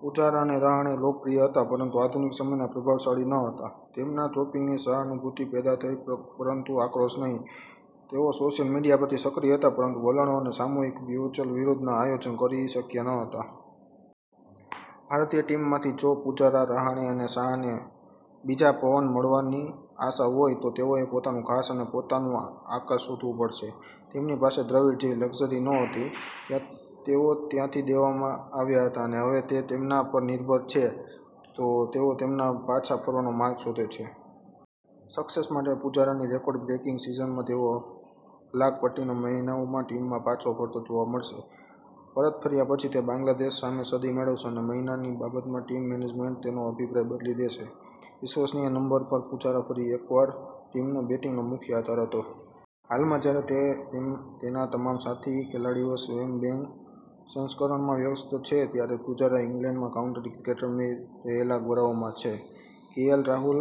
પૂજારા અને રહાણે લોકપ્રિય હતા પરંતુ આધુનિક સમયના પ્રભાવશાળી ન હતા. તેમના ડ્રોપિંગથી સહાનુભૂતિ પેદા થઈ પરંતુ આક્રોશ નહીં. તેઓ સોશિયલ મીડિયા પર સક્રિય હતા પરંતુ વલણો અથવા સામૂહિક વર્ચ્યુઅલ વિરોધનું આયોજન કરી શક્યા ન હતા. ભારતીય ટીમમાંથી, જો પૂજારા, રહાણે અને સાહાને 'બીજો પવન' મળવાની આશા હોય, તો તેઓએ પોતાનું ઘાસ અને પોતાનું આકાશ શોધવું પડશે. તેમની પાસે દ્રવિડ જેવી લક્ઝરી નહોતી. તેઓ ત્યજી દેવામાં આવ્યા હતા અને હવે તે તેમના પર નિર્ભર છે કે તેઓ તેમના પાછા ફરવાનો માર્ગ શોધે છે. સસેક્સ માટે પુજારાની રેકોર્ડ બ્રેકિંગ સિઝનમાં તે તેની હકાલપટ્ટીના મહિનાઓમાં ટીમમાં પાછો ફરતો જોવા મળશે. પરત ફર્યા પછી, તે બાંગ્લાદેશ સામે સદી મેળવશે અને મહિનાની બાબતમાં, ટીમ મેનેજમેન્ટ તેનો અભિપ્રાય બદલી દેશે, વિશ્વસનીય નંબર પર પુજારા ફરી એકવાર ટીમનો બેટિંગનો મુખ્ય આધાર હતો. હાલમાં, જ્યારે તેના તમામ સાથી ખેલાડીઓ સ્લેમ-બેંગ સંસ્કરણમાં વ્યસ્ત છે, ત્યારે પૂજારા ઇંગ્લેન્ડમાં કાઉન્ટી ક્રિકેટ રમી રહેલા ગોરાઓમાં છે. કેએલ રાહુલ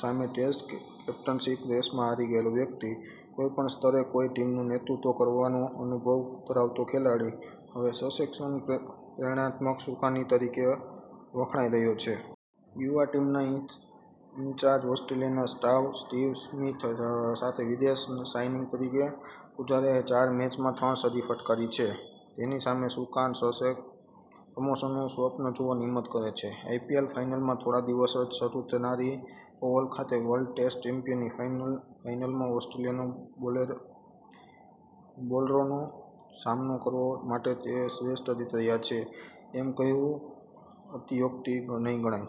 સામે ટેસ્ટ કેપ્ટનશીપની રેસમાં હારી ગયેલો વ્યક્તિ, કોઈપણ સ્તરે કોઈ ટીમનું નેતૃત્વ કરવાનો અનુભવ ધરાવતો ખેલાડી, હવે સસેક્સના પ્રેરણાત્મક સુકાની તરીકે વખણાઈ રહ્યો છે. યુવા ટીમના ઈન્ચાર્જ, ઓસ્ટ્રેલિયાના સ્ટાર સ્ટીવ સ્મિથ સાથે વિદેશી સાઈનિંગ તરીકે પુજારાએ ચાર મેચમાં ત્રણ સદી ફટકારી છે. તેની સાથે સુકાન, સસેક્સ પ્રમોશનનું સ્વપ્ન જોવાની હિંમત કરે છે. આઇપીએલ ફાઇનલના થોડા દિવસોમાં જ શરૂ થનારી ઓવલ ખાતે વર્લ્ડ ટેસ્ટ ચેમ્પિયનશિપની ફાઇનલમાં ઓસ્ટ્રેલિયાના બોલરોનો સામનો કરવા માટે તે શ્રેષ્ઠ રીતે તૈયાર છે એમ કહેવું અતિશયોક્તિ નહીં ગણાય.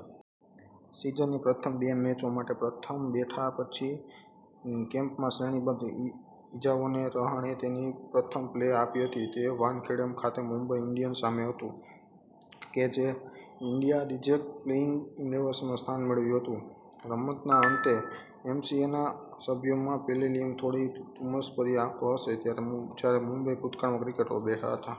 સીઝનની પ્રથમ બે મેચો માટે બહાર બેઠા પછી, કેમ્પમાં શ્રેણીબદ્ધ ઇજાઓએ રહાણેને તેની પ્રથમ પ્લેય આપી હતી. તે વાનખેડે ખાતે મુંબઈ ઈન્ડિયન્સ સામે હતું કે ઈન્ડિયા રિજેક્ટને પ્લેઈંગ ઈલેવનમાં સ્થાન મળ્યું હતું. રમતના અંતે, એમસીએના સભ્યોના પેવેલિયનમાં થોડી ધુમ્મસભરી આંખો હશે, જ્યાં મુંબઈના ભૂતકાળના ક્રિકેટરો બેઠા હતા.